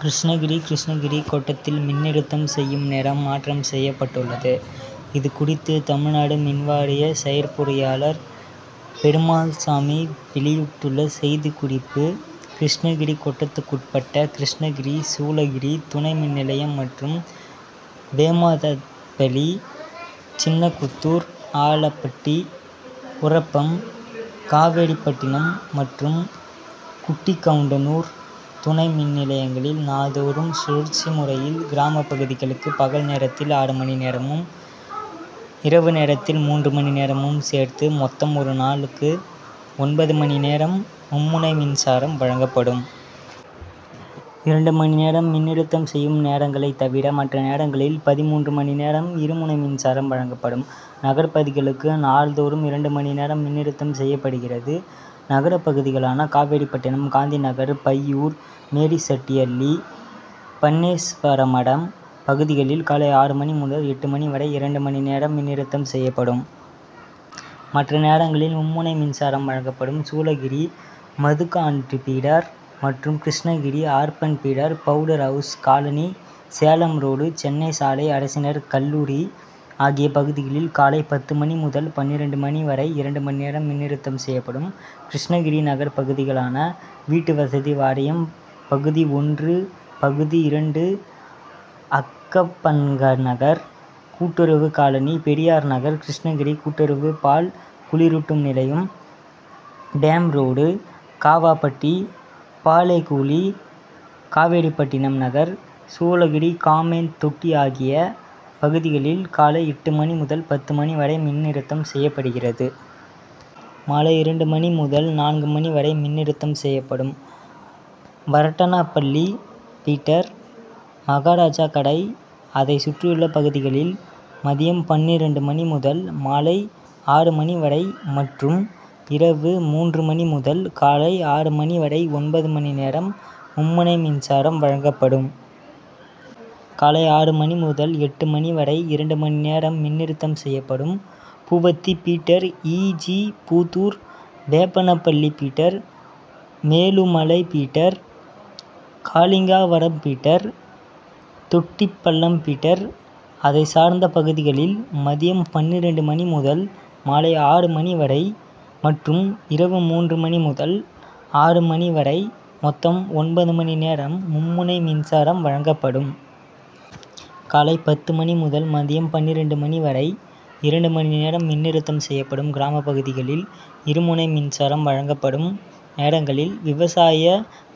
கிருஷ்ணகிரி கிருஷ்ணகிரி கோட்டத்தில் மின் நிறுத்தம் செய்யும் நேரம் மாற்றம் செய்யப்பட்டுள்ளது. இது குறித்து தமிழ்நாடு மின்வாரிய செயற்பொறியாளர் பெருமாள்சாமி வெளியிட்டுள்ள செய்திக்குறிப்பு கிருஷ்ணகிரி கோட்டத்துக்குட்பட்ட கிருஷ்ணகிரி, சூளகிரி துணை மின்நிலையம் மற்றும் வே. மாதேப்பள்ளி, சின்னக்கொத்தூர், ஆலப்பட்டி, ஒரப்பம், காவேரிப்பட்டணம் மற்றும் குட்டிகவுன்டனூர் துணை மின் நிலையங்களில் நாள்தோறும் சுழற்சி முறையில் கிராம பகுதிகளுக்கு பகல் நேரத்தில் ஆறு மணி நேரமும், இரவு நேரத்தில் மூன்று மணி நேரமும் சேர்த்து மொத்தம் ஒரு நாளுக்கு ஒன்பது மணி நேரம் மும்முனை மின்சாரம் வழங்கப்படும். இரண்டு மணி நேரம் மின் நிறுத்தம் செய்யும் நேரங்களை தவிர மற்ற நேரங்களில் பதின்மூன்று மணி நேரம் இரு முனை மின்சாரம் வழங்கப்படும். நகர் பகுதிகளுக்கு நாள்தோறும் இரண்டு மணி நேரம் மின்நிறுத்தம் செய்யப்படுகிறது. நகர பகுதிகளான காவேரிப்பட்டணம் காந்தி நகர், பையூர், மேரி செட்டிஅள்ளி, பேன்னேஸ்வரமடம் பகுதிகளில் காலை ஆறு மணி முதல் எட்டு மணிவரை இரண்டு மணிநேரம் மின் நிறுத்தம் செய்யப்படும். மற்ற நேரங்களில் மும்முனை மின்சாரம் வழங்கப்படும். சூளகிரி மதுகான்பீடர் மற்றும் Krishnagiri urban feeder, power house colony, Salem road, Chennai சாலை, அரசினர் கல்லூரி ஆகிய பகுதிகளில் காலை பத்து மணி முதல் பன்னிரண்டு மணிவரை இரண்டு மணிநேரம் மின் நிறுத்தம் செய்யப்படும். கிருஷ்ணகிரி நகர் பகுதிகளான வீட்டுவசதி வாரியம் பகுதி ஒன்று, பகுதி இரண்டு, அக்கப்பன்நகர், கூட்டுறவு காலனி, பெரியார் நகர், கிருஷ்ணகிரி கூட்டுறவு பால் குளிரூட்டும் நிலையம், டேம்ரோடு, காவாப்பட்டி, பாளேகுளி, காவேரிப்பட்டணம் நகர், சூளகிரி, காமன்தொட்டி ஆகிய பகுதிகளில் காலை எட்டு மணி முதல் பத்து மணி வரை மின் நிறுத்தம் செய்யப்படுகிறது. மாலை இரண்டு மணி முதல் நான்கு மணிவரை மின் நிறுத்தம் செய்யப்படும். வரட்டனப்பள்ளி பீட்டர், மகாராஜகடை அதை சுற்றியுள்ள பகுதிகளில் மதியம் பன்னிரண்டு மணி முதல் மாலை ஆறு மணிவரை மற்றும் இரவு மூன்று மணி முதல் காலை ஆறு மணிவரை ஒன்பது மணிநேரம் மும்முனை மின்சாரம் வழங்கப்படும். காலை ஆறு மணி முதல் எட்டு மணிவரை இரண்டு மணிநேரம் மின் நிறுத்தம் செய்யப்படும். Poovathi feeder, E. G Puthur, Veppanapalli feeder ,Melumalai feeder, Kalingavaram feeder, Thottipallam feeder அதை சார்ந்த பகுதிகளில் மதியம் பன்னிரண்டு மணி முதல் மாலை ஆறு மணிவரை மற்றும் இரவு மூன்று மணி முதல் ஆறு மணி வரை மொத்தம் ஒன்பது மணிநேரம் மும்முனை மின்சாரம் வழங்கப்படும். காலை பத்து மணி முதல் மதியம் பன்னிரண்டு மணிவரை இரண்டு மணிநேரம் மின் நிறுத்தம் செய்யப்படும். கிராம பகுதிகளில் இருமுனை மின்சாரம் வழங்கப்படும் நேரங்களில் விவசாய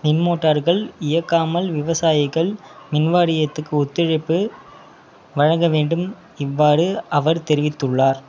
மின்மோட்டார்கள் இயக்காமல் விவசாயிகள் மின்வாரியத்துக்கு ஒத்துழைப்பு வழங்க வேண்டும். இவ்வாறு அவர் தெரிவித்துள்ளார்.